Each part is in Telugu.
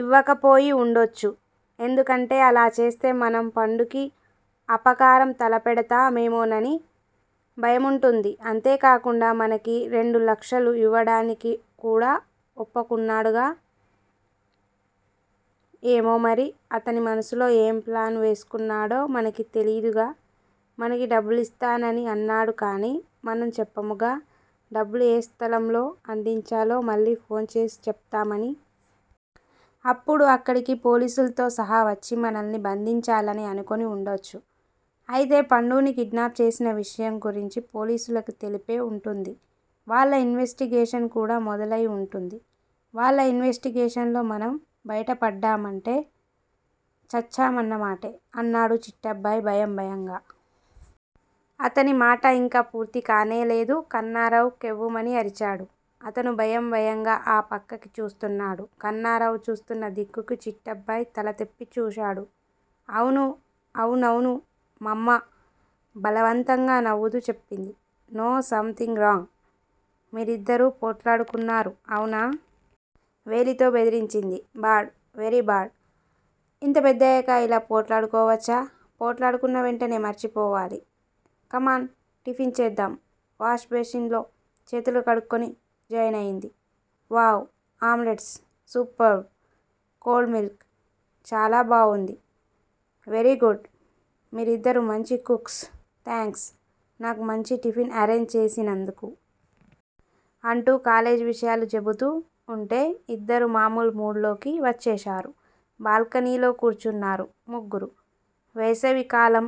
ఇవ్వకపోయి ఉండొచ్చు. ఎందుకంటే అలా చేస్తే మనం పండుకి అపకారం తలపెడతా మేమోనని భయముంటుంది. అంతేకాకుండా మనకి రెండు లక్షలు ఇవ్వడానికి కూడా ఒప్పకున్నాడుగా? ఏమోమరి! అతని మనసులో ఏం ప్లాను వేస్కున్నాడో మనకి తెలిదుగా? మనకి డబ్బులిస్తానని అన్నాడు కాని మనం చెప్పముగా డబ్బులు ఏ స్ధలంలో అందించాలో మళ్ళి పోన్ చేసి చెప్తామని. అప్పుడు అక్కడికి పోలీసుల్తో సహా వచ్చి మనల్ని బంధించాలని అనుకుని ఉండొచ్చు!! అయితే పండుని కిడ్నాప్ చేసిన విషయం గురించి పోలీసులకి తెలిపే ఉంటుంది వాళ్ళ ఇన్వెస్టిగేషన్ కూడా మొదలయి ఉంటుంది వాళ్ళ ఇన్వెస్టిగేషన్ లో మనం బయటపడ్డామంటే చచ్చామన్నమాటే!? అన్నాడు చిట్టబ్బాయ్ భయం భయంగా. అతని మాట ఇంకా పూర్తి కానేలేదు కన్నారావు కెవ్వుమని అరిచాడు. అతను భయం భయంగా ఆ పక్కకి చూస్తున్నాడు. కన్నారావు చూస్తున్న దిక్కుకి చిట్టబ్బాయ్ తల తిప్పి చూశాడు. అవును అవునవును మమ్మా! బలవంతంగా నవ్వుతూ చెప్పింది. నో! Something wrong! మీరిద్దరూ పోట్లాడుకున్నారు అవునా?! వేలితో బెదిరించింది. బాడ్! వెరీబాడ్! ఇంత పెద్దయ్యాక ఇలా పోట్లాడుకోవచ్చా? పోట్లాడుకున్నా వెంటనే మర్చిపోవాలి. కమాన్ టిఫిన్ చేద్దాం! వాష్ బేసిన్ లో చేతులు కడుక్కుని జాయినయింది. Wow omelettes! Superb! Cold milk చాలా బావుంది. వెరీగుడ్ మీరిద్దరూ మంచి కుక్స్! థాంక్స్ నాకు మంచి టిఫిన్ అరేంజ్ చేసినందుకు! అంటూ కాలేజ్ విషయాలు చెబుతూ ఉంటే ఇద్దరూ మామూలు మూడ్ లోకి వచ్చేశారు. బాల్కనీలో కూర్చున్నారు ముగ్గురూ. వేసవి కాలం!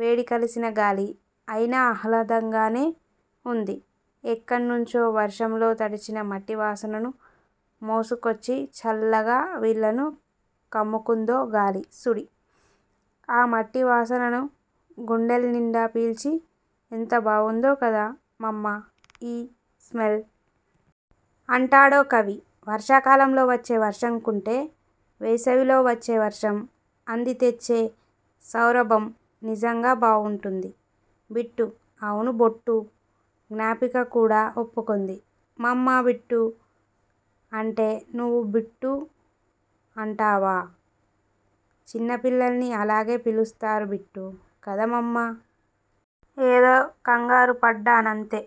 వేడి కలిసిన గాలి! అయినా ఆహ్లాదంగానే ఉంది. ఎక్కడ్నుంచో వర్షంలో తడిచిన మట్టివాసనను మోసుకొచ్చి చల్లగా వీళ్ళను కమ్ముకుందో గాలి సుడి! ఆ మట్టివాసనను గుండెల్నిండా పీల్చి, ఎంతబావుందో కదా మమ్మా ఈ స్మెల్! ' అంటాడో కవి. వర్షాకాలంలో వచ్చే వర్షంకుంటే వేసవిలో వచ్చేవర్షం, అంది తెచ్చే సౌరభం నిజంగా బావుంటుంది బిట్టూ! అవును బొట్టూ! జ్ఞాపిక కూడా ఒప్పుకుంది. మమ్మా 'బిట్టూ ' అంటే నువ్వూ 'బిట్టూ ' అంటావా? చిన్నపిల్లల్ని అలాగే పిలుస్తారు బిట్టూ! కదా మమ్మా?! ఏదో కంగారుపడ్డానంతే!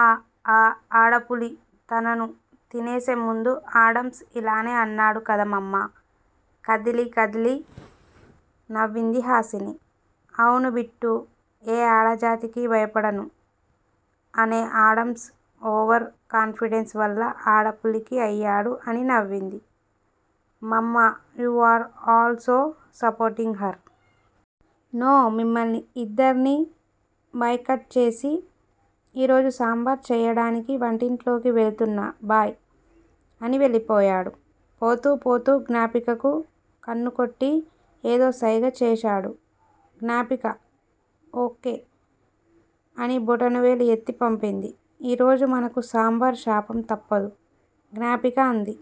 ఆఁ ఆఁ ఆడపులి తనను తినేసేముందు ఆడమ్స్ ఇలానే అన్నాడు కదా మమ్మా! కదిలి కదిలి నవ్వింది హాసిని. అవును బిట్టూ ఏ ఆడజాతికీ భయపడను' అనే ఆడమ్స్ ఓవర్ కాన్ఫిడెన్స్ వల్ల ఆడపులికి అయ్యాడు అని నవ్వింది. Mamma! You are all so supporting her! No మిమ్మల్ని ఇద్దర్నీ బాయ్ కాట్ చేసి ఈరోజు సాంబారు చెయ్యడానికి వంటింట్లోకి వెళుతున్నా బై! అని వెళ్లిపోయాడు. పోతూపోతూ జ్ఞాపికకు కన్నుకొట్టి ఏదోసైగ చేశాడు. జ్ఞాపిక ఓ. కే! అని బొటనవేలు ఎత్తి పంపింది. ఈరోజు మనకు సాంబారు శాపం తప్పదు! జ్ఞాపిక అంది.